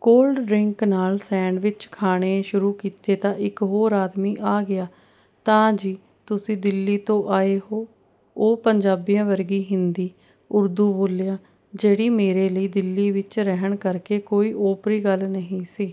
Cold drink ਨਾਲ sandwich ਖਾਣੇ ਸ਼ੁਰੂ ਕੀਤੇ ਤਾਂ ਇੱਕ ਹੋਰ ਆਦਮੀ ਆ ਗਿਆ। "ਤਾਂ ਜੀ, ਤੁਸੀਂ ਦਿੱਲੀ ਤੋਂ ਆਏ ਹੋ?" ਉਹ ਪੰਜਾਬੀਆਂ ਵਰਗੀ ਹਿੰਦੀ-ਉਰਦੂ ਬੋਲਿਆ, ਜਿਹੜੀ ਮੇਰੇ ਲਈ ਦਿੱਲੀ ਵਿੱਚ ਰਹਿਣ ਕਰਕੇ ਕੋਈ ਓਪਰੀ ਗੱਲ ਨਹੀਂ ਸੀ।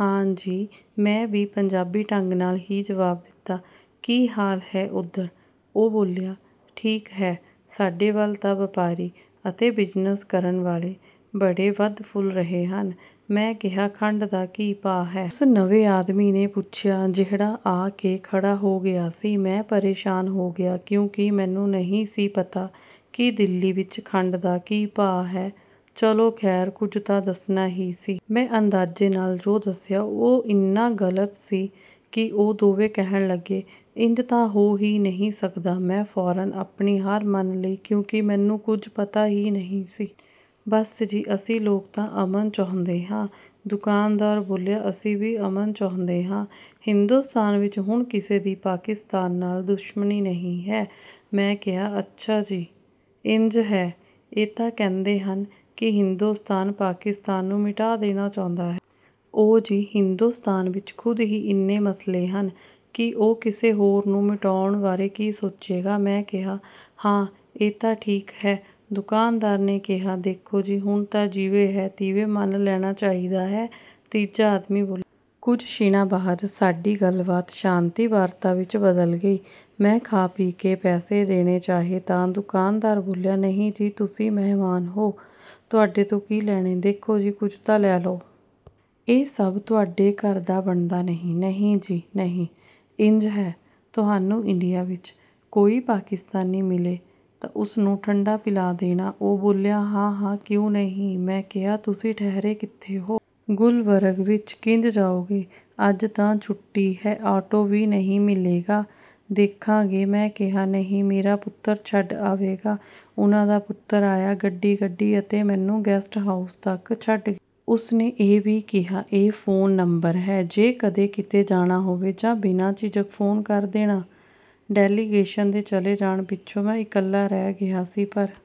"ਹਾਂ ਜੀ," ਮੈਂ ਵੀ ਪੰਜਾਬੀ ਢੰਗ ਨਾਲ ਹੀ ਜਵਾਬ ਦਿੱਤਾ। "ਕੀ ਹਾਲ ਹੈ ਉੱਧਰ?" ਉਹ ਬੋਲਿਆ। "ਠੀਕ ਹੈ... ਸਾਡੇ ਵੱਲ ਤਾਂ ਵਪਾਰੀ ਅਤੇ ਬਿਜ਼ਨਸ ਕਰਨ ਵਾਲੇ ਬੜੇ ਵਧ-ਫੁੱਲ ਰਹੇ ਹਨ," ਮੈਂ ਕਿਹਾ। "ਖੰਡ ਦਾ ਕੀ ਭਾਅ ਹੈ?" ਉਸ ਨਵੇਂ ਆਦਮੀ ਨੇ ਪੁੱਛਿਆ ਜਿਹੜਾ ਆ ਕੇ ਖੜ੍ਹਾ ਹੋ ਗਿਆ ਸੀ। ਮੈਂ ਪਰੇਸ਼ਾਨ ਹੋ ਗਿਆ ਕਿਉਂਕਿ ਮੈਨੂੰ ਨਹੀਂ ਸੀ ਪਤਾ ਕਿ ਦਿੱਲੀ ਵਿੱਚ ਖੰਡ ਦਾ ਕੀ ਭਾਅ ਹੈ। ਚਲੋ ਖ਼ੈਰ, ਕੁਝ ਤਾਂ ਦੱਸਣਾ ਹੀ ਸੀ। ਮੈਂ ਅੰਦਾਜ਼ੇ ਨਾਲ ਜੋ ਦੱਸਿਆ, ਉਹ ਇੰਨਾ ਗ਼ਲਤ ਸੀ ਕਿ ਉਹ ਦੋਵੇਂ ਕਹਿਣ ਲੱਗੇ, "ਇੰਜ ਤਾਂ ਹੋ ਹੀ ਨਹੀਂ ਸਕਦਾ।" ਮੈਂ ਫ਼ੌਰਨ ਆਪਣੀ ਹਾਰ ਮੰਨ ਲਈ ਕਿਉਂਕਿ ਮੈਨੂੰ ਕੁਝ ਪਤਾ ਹੀ ਨਹੀਂ ਸੀ। "ਬੱਸ ਜੀ, ਅਸੀਂ ਲੋਕ ਤਾਂ ਅਮਨ ਚਾਹੁੰਦੇ ਹਾਂ," ਦੁਕਾਨਦਾਰ ਬੋਲਿਆ। "ਅਸੀਂ ਵੀ ਅਮਨ ਚਾਹੁੰਦੇ ਹਾਂ... ਹਿੰਦੁਸਤਾਨ ਵਿੱਚ ਹੁਣ ਕਿਸੇ ਦੀ ਪਾਕਿਸਤਾਨ ਨਾਲ ਦੁਸ਼ਮਣੀ ਨਹੀਂ ਹੈ," ਮੈਂ ਕਿਹਾ। "ਅੱਛਾ ਜੀ... ਇੰਜ ਹੈ? ਇਹ ਤਾਂ ਕਹਿੰਦੇ ਹਨ ਕਿ ਹਿੰਦੁਸਤਾਨ ਪਾਕਿਸਤਾਨ ਨੂੰ ਮਿਟਾ ਦੇਣਾ ਚਾਹੁੰਦਾ ਹੈ।" "ਓ ਜੀ, ਹਿੰਦੁਸਤਾਨ ਵਿੱਚ ਖ਼ੁਦ ਹੀ ਇੰਨੇ ਮਸਲੇ ਹਨ ਕਿ ਉਹ ਕਿਸੇ ਹੋਰ ਨੂੰ ਮਿਟਾਉਣ ਬਾਰੇ ਕੀ ਸੋਚੇਗਾ!" ਮੈਂ ਕਿਹਾ। "ਹਾਂ, ਇਹ ਤਾਂ ਠੀਕ ਹੈ," ਦੁਕਾਨਦਾਰ ਨੇ ਕਿਹਾ। "ਦੇਖੋ ਜੀ, ਹੁਣ ਤਾਂ ਜਿਵੇਂ ਹੈ, ਤਿਵੇਂ ਮੰਨ ਲੈਣਾ ਚਾਹੀਦਾ ਹੈ," ਤੀਜਾ ਆਦਮੀ ਬੋਲਿਆ। ਕੁਝ ਛਿਣਾਂ ਬਾਅਦ ਸਾਡੀ ਗੱਲਬਾਤ ਸ਼ਾਂਤੀ-ਵਾਰਤਾ ਵਿੱਚ ਬਦਲ ਗਈ। ਮੈਂ ਖਾ-ਪੀ ਕੇ ਪੈਸੇ ਦੇਣੇ ਚਾਹੇ ਤਾਂ ਦੁਕਾਨਦਾਰ ਬੋਲਿਆ, "ਨਹੀਂ ਜੀ, ਤੁਸੀਂ ਮਹਿਮਾਨ ਹੋ... ਤੁਹਾਡੇ ਤੋਂ ਕੀ ਲੈਣੇ!" "ਦੇਖੋ ਜੀ, ਕੁਝ ਤਾਂ ਲੈ ਲਓ। ਇਹ ਸਭ ਤੁਹਾਡੇ ਘਰ ਤਾਂ ਬਣਦਾ ਨਹੀਂ।" "ਨਹੀਂ ਜੀ ਨਹੀਂ... ਇੰਜ ਹੈ, ਤੁਹਾਨੂੰ ਇੰਡੀਆ ਵਿੱਚ ਕੋਈ ਪਾਕਿਸਤਾਨੀ ਮਿਲੇ ਤਾਂ ਉਸ ਨੂੰ 'ਠੰਢਾ' ਪਿਲਾ ਦੇਣਾ," ਉਹ ਬੋਲਿਆ। "ਹਾਂ-ਹਾਂ, ਕਿਉਂ ਨਹੀਂ!" ਮੈਂ ਕਿਹਾ। "ਤੁਸੀਂ ਠਹਿਰੇ ਕਿੱਥੇ ਹੋ?" "ਗੁਲਬਰਗ ਵਿੱਚ..." "ਕਿੰਜ ਜਾਓਗੇ? ਅੱਜ ਤਾਂ ਛੁੱਟੀ ਹੈ, ਆਟੋ ਵੀ ਨਹੀਂ ਮਿਲੇਗਾ।" "ਦੇਖਾਂਗੇ," ਮੈਂ ਕਿਹਾ। "ਨਹੀਂ... ਮੇਰਾ ਪੁੱਤਰ ਛੱਡ ਆਵੇਗਾ।" ਉਹਨਾਂ ਦਾ ਪੁੱਤਰ ਆਇਆ, ਗੱਡੀ ਕੱਢੀ ਅਤੇ ਮੈਨੂੰ ਗੈਸਟ ਹਾਊਸ ਤੱਕ ਛੱਡ ਗਿਆ। ਉਸ ਨੇ ਇਹ ਵੀ ਕਿਹਾ, "ਇਹ ਫ਼ੋਨ ਨੰਬਰ ਹੈ, ਜੇ ਕਦੇ ਕਿਤੇ ਜਾਣਾ ਹੋਵੇ ਤਾਂ ਬਿਨਾਂ ਝਿਜਕ ਫ਼ੋਨ ਕਰ ਦੇਣਾ।" ਡੈਲੀਗੇਸ਼ਨ ਦੇ ਚਲੇ ਜਾਣ ਪਿੱਛੋਂ ਮੈਂ ਇਕੱਲਾ ਰਹਿ ਗਿਆ ਸੀ, ਪਰ